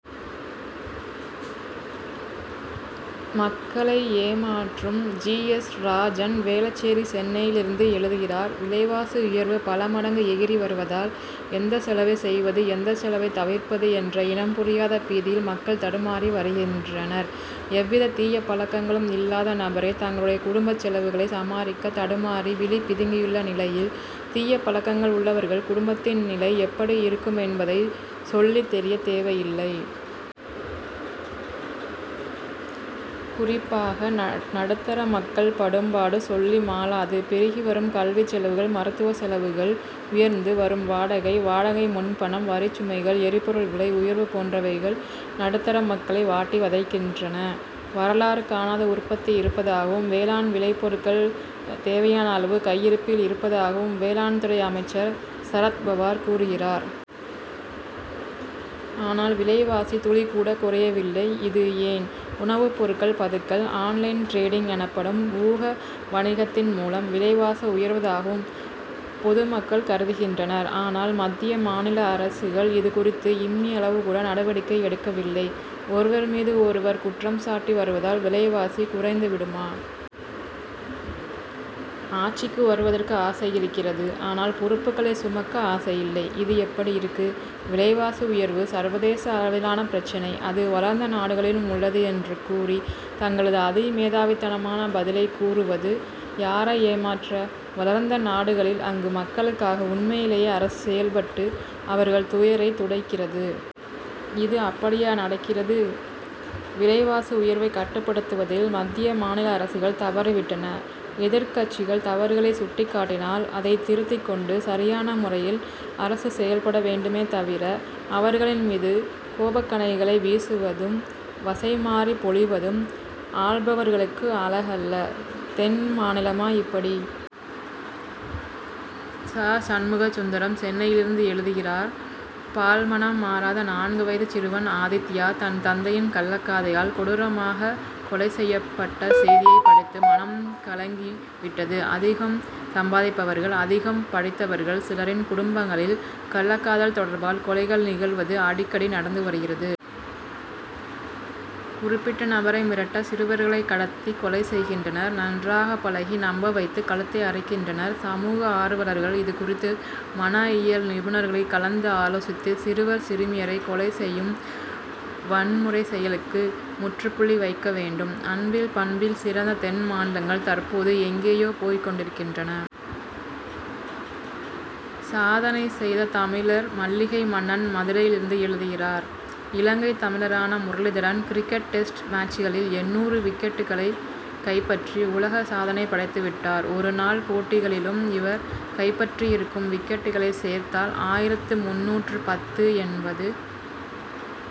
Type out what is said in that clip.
மக்களை ஏமாற்றும் G. S. Rajan, Velachery, சென்னையிலிருந்து எழுதுகிறார்: விலைவாசி உயர்வு பல மடங்கு எகிறி வருவதால், எந்தச் செலவை செய்வது, எந்தச் செலவைத் தவிர்ப்பது என்ற இனம் புரியாத பீதியில் மக்கள் தடுமாறி வருகின்றனர். எவ்வித தீய பழக்கங்களும் இல்லாத நபரே, தங்களுடைய குடும்பச் செலவுகளை சமாளிக்க தடுமாறி, விழி பிதுங்கியுள்ள நிலையில், தீயபழக்கங்கள் உள்ளவர்கள் குடும்பத்தின் நிலை எப்படி இருக்குமென்பதை சொல்லித் தெரிய தேவையில்லை. குறிப்பாக, நடுத்தர மக்கள் படும்பாடு சொல்லிமாளாது. பெருகி வரும் கல்விச் செலவுகள், மருத்துவச் செலவுகள், உயர்ந்து வரும் வாடகை, வாடகை முன்பணம், வரிச் சுமைகள், எரிபொருள் விலை உயர்வு போன்றவைகள், நடுத்தர மக்களை வாட்டி வதைக்கின்றன. வரலாறு காணாத உற்பத்தி இருப்பதாகவும், வேளாண் விளை பொருட்கள் தேவையான அளவு கையிருப்பில் இருப்பதாகவும், வேளாண் துறை அமைச்சர் சரத்பவார் கூறுகிறார். ஆனால், விலைவாசி துளிகூட குறையவில்லை. இது ஏன்? உணவுப் பொருட்கள் பதுக்கல், ஆன்-லைன் டிரேடிங் எனப்படும் ஊக வணிகத்தின் மூலம், விலைவாசி உயர்வதாகவும் பொதுமக்கள் கருதுகின்றனர். ஆனால், மத்திய, மாநில அரசுகள், இது குறித்து இம்மியளவு கூட நடவடிக்கை எடுக்கவில்லை. ஒருவர் மீது ஒருவர் குற்றம் சாட்டி வருவதால், விலைவாசி குறைந்து விடுமா? ஆட்சிக்கு வருவதற்கு ஆசை இருக்கிறது; ஆனால், பொறுப்புகளை சுமக்க ஆசை இல்லை. இது எப்படி இருக்கு? "விலைவாசி உயர்வு, சர்வதேச அளவிலான பிரச்னை. அது வளர்ந்த நாடுகளிலும் உள்ளது' என்று கூறி, தங்களது அதிமேதாவித்தனமான பதிலைக் கூறுவது, யாரை ஏமாற்ற? வளர்ந்த நாடுகளில், அங்கு மக்களுக்காக உண்மையிலேயே அரசு செயல்பட்டு, அவர்கள் துயரைத் துடைக்கிறது. இங்கு அப்படியா நடக்கிறது? விலைவாசி உயர்வைக் கட்டுப்படுத்துவதில், மத்திய, மாநில அரசுகள் தவறி விட்டன. எதிர்க்கட்சிகள் தவறுகளைச் சுட்டிக் காட்டினால், அதைத் திருத்திக் கொண்டு சரியான முறையில் அரசு செயல்பட வேண்டுமே தவிர, அவர்களின் மீது கோபக்கணைகளை வீசுவதும், வசைமாரி பொழிவதும், ஆள்பவர்களுக்கு அழகல்ல. தென் மாநிலமா இப்படி! ச. சண்முக சுந்தரம், சென்னையிலிருந்து எழுதுகிறார்: பால் மணம் மாறாத, நான்கு வயது சிறுவன் ஆதித்யா, தன் தந்தையின் கள்ளக் காதலியால் கொடூரமாக கொலை செய்யப்பட்ட செய்தியை படித்து, மனம் மிகவும் கலங்கி விட்டது. அதிகம் சம்பாதிப்பவர்கள், அதிகம் படித்தவர்கள் சிலரின் குடும்பங்களில், கள்ளக்காதல் தொடர்பால், கொலைகள் நிகழ்வது அடிக்கடி நடந்து வருகிறது. குறிப்பிட்ட நபரை மிரட்ட சிறுவர்களை கடத்தி கொலை செய்கின்றனர். நன்றாக பழகி, நம்ப வைத்து கழுத்தை அறுக்கின்றனர். சமூக ஆர்வலர்கள் இது குறித்து, மன இயல் நிபுணர்களை கலந்து ஆலோசித்து, சிறுவர், சிறுமியரை கொலை செய்யும் வன்முறை செயலுக்கு முற்றுப்புள்ளி வைக்க வேண்டும். அன்பில், பண்பில் சிறந்த தென் மாநிலங்கள், தற்போது எங்கேயோ போய்க் கொண்டிருக்கின்றன. சாதனை செய்த தமிழர்! மல்லிகை மன்னன், மதுரையிலிருந்து எழுதுகிறார்: இலங்கைத் தமிழரான முரளிதரன், கிரிக்கெட் டெஸ்ட் மேட்சுகளில் எண்ணூறு விக்கெட்டுகளைக் கைப்பற்றி, உலக சாதனை படைத்து விட்டார். ஒரு நாள் போட்டிகளிலும் இவர் கைப்பற்றியிருக்கும் விக்கெட்டுகளைச் சேர்த்தால், ஆயிரத்து முந்நூற்று பத்து என்பது